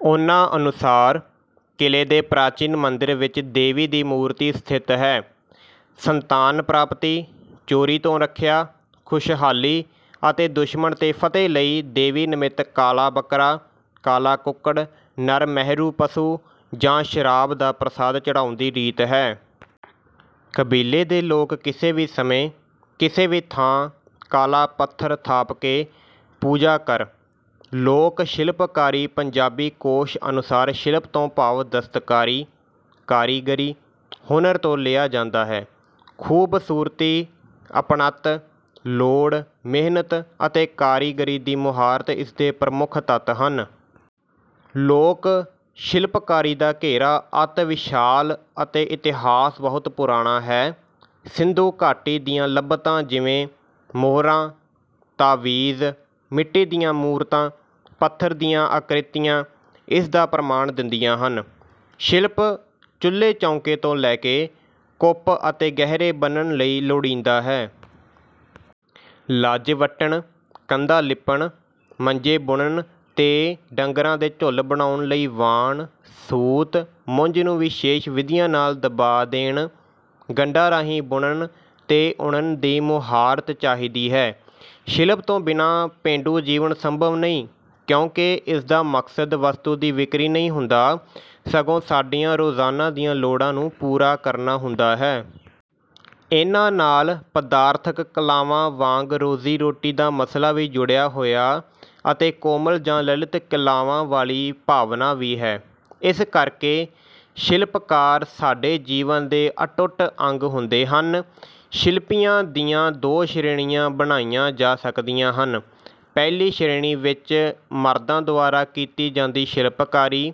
ਉਹਨਾਂ ਅਨੁਸਾਰ ਕਿਲ੍ਹੇ ਦੇ ਪ੍ਰਾਚੀਨ ਮੰਦਿਰ ਵਿਚ ਦੇਵੀ ਦੀ ਮੂਰਤੀ ਸਥਿਤ ਹੈ। ਸੰਤਾਨ ਪ੍ਰਾਪਤੀ, ਚੋਰੀ ਤੋਂ ਰੱਖਿਆ, ਖੁਸ਼ਹਾਲੀ ਅਤੇ ਦੁਸ਼ਮਣ 'ਤੇ ਫਤਿਹ ਲਈ ਦੇਵੀ ਨਮਿਤ ਕਾਲਾ ਬੱਕਰਾ, ਕਾਲਾ ਕੁਕੜ, ਨਰ ਮਹਿਰੂ ਪਸੂ ਜਾਂ ਸ਼ਰਾਬ ਦਾ ਪ੍ਰਸਾਦ ਚੜ੍ਹਾਉਣ ਦੀ ਰੀਤ ਹੈ। ਕਬੀਲੇ ਦੇ ਲੋਕ ਕਿਸੇ ਵੀ ਸਮੇਂ, ਕਿਸੇ ਵੀ ਥਾਂ, ਕਾਲਾ ਪੱਥਰ ਥਾਪ ਕੇ, ਪੂਜਾ ਕਰ। ਲੋਕ ਸ਼ਿਲਪਕਾਰੀਪੰਜਾਬੀ ਕੋਸ਼ ਅਨੁਸਾਰ ਸ਼ਿਲਪ ਤੋਂ ਭਾਵ ਦਸਤਕਾਰੀ, ਕਾਰੀਗਰੀ, ਹੁਨਰ ਤੋਂ ਲਿਆ ਜਾਂਦਾ ਹੈ। "ਖੂਬਸੂਰਤੀ, ਅਪਣੱਤ, ਲੋੜ, ਮਿਹਨਤ ਅਤੇ ਕਾਰੀਗਰੀ ਦੀ ਮੁਹਾਰਤ ਇਸ ਦੇ ਪ੍ਰਮੁੱਖ ਤੱਤ ਹਨ। ਲੋਕ ਸ਼ਿਲਪਕਾਰੀ ਦਾ ਘੇਰਾ ਅਤਿ ਵਿਸ਼ਾਲ ਅਤੇ ਇਤਿਹਾਸ ਬਹੁਤ ਪੁਰਾਣਾ ਹੈ। 'ਸਿੰਧੂ ਘਾਟੀ ਦੀਆਂ ਲੱਭਤਾਂ ਜਿਵੇਂ ਮੋਹਰਾਂ, ਤਾਵੀਜ਼, ਮਿੱਟੀ ਦੀਆਂ ਮੂਰਤਾਂ, ਪੱਥਰ ਦੀਆਂ ਆਕ੍ਰਿ੍ਰਤੀਆਂ ਇਸ ਦਾ ਪ੍ਰਮਾਣ ਦਿੰਦੀਆਂ ਹਨ। ਸ਼ਿਲਪ ਚੁੱਲੇ ਚੌਂਕੇ ਤੋਂ ਲੈ ਕੇ ਕੁੱਪ ਅਤੇ ਗਹੀਰੇ ਬੰਨ੍ਹਣ ਲਈ ਲੋੜੀਂਦਾ ਹੈ। ਲੱਜ ਵੱਟਣ, ਕੰਧਾਂ ਲਿਪਣ, ਮੰਜੇ ਬੁਣਨ ਤੇ ਡੰਗਰਾਂ ਦੇ ਝੁੱਲ ਬਣਾਉਣ ਲਈ ਵਾਣ, ਸੂਤ, ਮੁੰਜ ਨੂੰ ਵਿਸ਼ੇਸ਼ ਵਿਧੀਆਂ ਨਾਲ ਦਬਾ ਦੇਣ, ਗੰਢਾਂ ਰਾਹੀਂ ਬੁਣਨ ਤੇ ਉਣਨ ਦੀ ਮੁਹਾਰਤ ਚਾਹੀਦੀ ਹੈ। ਸ਼ਿਲਪ ਤੋਂ ਬਿਨਾਂ ਪੇਂਡੂ ਜੀਵਨ ਸੰਭਵ ਨਹੀਂ ਕਿਉਂਕਿ ਇਸ ਦਾ ਮਕਸਦ ਵਸਤੂ ਦੀ ਵਿਕਰੀ ਨਹੀਂ ਹੁੰਦਾ, ਸਗੋਂ ਸਾਡੀਆਂ ਰੋਜ਼ਾਨਾ ਦੀਆਂ ਲੋੜਾਂ ਨੂੰ ਪੂਰਾ ਕਰਨਾ ਹੁੰਦਾ ਹੈ। "ਇਨ੍ਹਾਂ ਨਾਲ ਪਦਾਰਥਕ ਕਲਾਵਾਂ ਵਾਂਗ ਰੋਜ਼ੀ-ਰੋਟੀ ਦਾ ਮਸਲਾ ਵੀ ਜੁੜਿਆ ਹੋਇਆ ਅਤੇ ਕੋਮਲ ਜਾਂ ਲਲਿਤ ਕਲਾਵਾਂ ਵਾਲੀ ਭਾਵਨਾ ਵੀ ਹੈ। ਇਸ ਕਰ ਕੇ ਸ਼ਿਲਪਕਾਰ ਸਾਡੇ ਜੀਵਨ ਦੇ ਅਟੁੱਟ ਅੰਗ ਹੁੰਦੇ ਹਨ। ਸ਼ਿਲਪੀਆਂ ਦੀਆਂ ਦੋ ਸ਼੍ਰੇਣੀਆਂ ਬਣਾਈਆਂ ਜਾ ਸਕਦੀਆਂ ਹਨ- ਪਹਿਲੀ ਸ਼ੇ੍ਰਣੀ ਵਿੱਚ ਮਰਦਾਂ ਦੁਆਰਾ ਕੀਤੀ ਜਾਂਦੀ ਸ਼ਿਲਪਕਾਰੀ,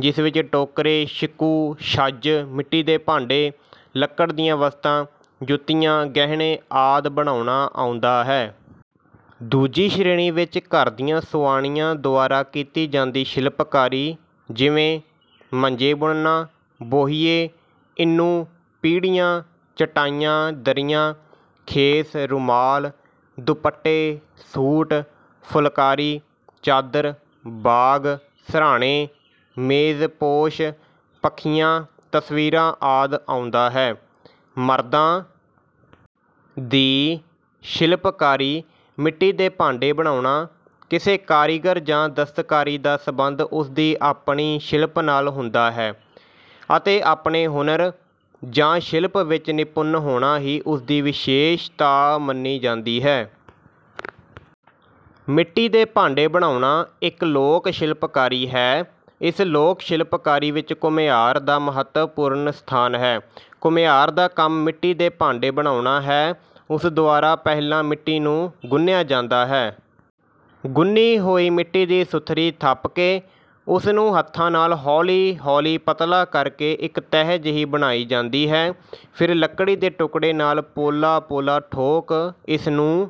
ਜਿਸ ਵਿੱਚ ਟੋਕਰੇ, ਛਿਕੂ, ਛੱਜ, ਮਿੱਟੀ ਦੇ ਭਾਂਡੇ, ਲੱਕੜ ਦੀਆਂ ਵਸਤਾਂ, ਜੁੱਤੀਆਂ, ਗਹਿਣੇ ਆਦਿ ਬਣਾਉਣਾ ਆਉਂਦਾ ਹੈ। ਦੂਜੀ ਸ਼੍ਰੇਣੀ ਵਿੱਚ ਘਰ ਦੀਆਂ ਸੁਆਣੀਆਂ ਦੁਆਰਾ ਕੀਤੀ ਜਾਂਦੀ ਸ਼ਿਲਪਾਕਰੀ, ਜਿਵੇਂ- ਮੰਜੇ ਬੁਣਨਾ, ਬੋਹੀਏ, ਇੰਨੂ, ਪੀੜ੍ਹੀਆਂ, ਚਟਾਈਆਂ ਦਰੀਆਂ, ਖੇਸ, ਰੁਮਾਲ, ਦੁਪੱਟੇ, ਸੂਟ, ਫੁਲਕਾਰੀ, ਚਾਦਰ, ਬਾਗ, ਸਰ੍ਹਾਣੇ, ਮੇਜ਼ ਪੋਸ਼, ਪੱਖੀਆਂ, ਤਸਵੀਰਾਂ ਆਦਿ ਆਉਂਦਾ ਹੈ। ਮਰਦਾਂ ਦੀ ਸ਼ਿਲਪਕਾਰੀਮਿੱਟੀ ਦੇ ਭਾਂਡੇਂ ਬਣਾਉਣਾ: ਕਿਸੇ ਕਾਰੀਗਰ ਜਾਂ ਦਸਤਕਾਰੀ ਦਾ ਸੰਬੰਧ ਉਸ ਦੀ ਆਪਣੀ ਸ਼ਿਲਪ ਨਾਲ ਹੁੰਦਾ ਹੈ ਅਤੇ ਆਪਣੇ ਹੁਨਰ ਜਾਂ ਸ਼ਿਲਪ ਵਿੱਚ ਨਿਪੁੰਨ ਹੋਣਾ ਹੀ ਉਸ ਦੀ ਵਿਸ਼ੇਸ਼ਤਾ ਮੰਨੀ ਜਾਂਦੀ ਹੈ। ਮਿੱਟੀ ਦੇ ਭਾਂਡੇ ਬਣਾਉਣਾ ਇੱਕ ਲੋਕ ਸ਼ਿਲਪਕਾਰੀ ਹੈ। ਇਸ ਲੋਕ ਸ਼ਿਲਪਕਾਰੀ ਵਿੱਚ ਘੁਮਿਆਰ ਦਾ ਮਹੱਤਵਪੂਰਨ ਸਥਾਨ ਹੈ। ਘੁਮਿਆਰ ਦਾ ਕੰਮ ਮਿੱਟੀ ਦੇ ਭਾਂਡੇ ਬਣਾਉਣਾ ਹੈ। ਉਸ ਦੁਆਰਾ ਪਹਿਲਾਂ ਮਿੱਟੀ ਨੂੰ ਗੁੰਨਿਆ ਜਾਂਦਾ ਹੈ। "ਗੁੰਨੀ ਹੋਈ ਮਿੱਟੀ ਦੀ ਸੁਥਰੀ ਥੱਪ ਕੇ ਉਸ ਨੂੰ ਹੱਥਾਂ ਨਾਲ ਹੌਲੀ-ਹੌਲੀ ਪਤਲਾ ਕਰ ਕੇ ਇੱਕ ਤਹਿ ਜਿਹੀ ਬਣਾਈ ਜਾਂਦੀ ਹੈ। ਫਿਰ ਲੱਕੜੀ ਦੇ ਟੁਕੜੇ ਨਾਲ ਪੋਲਾ ਪੋਲਾ ਠੋਕ ਇਸ ਨੂੰ...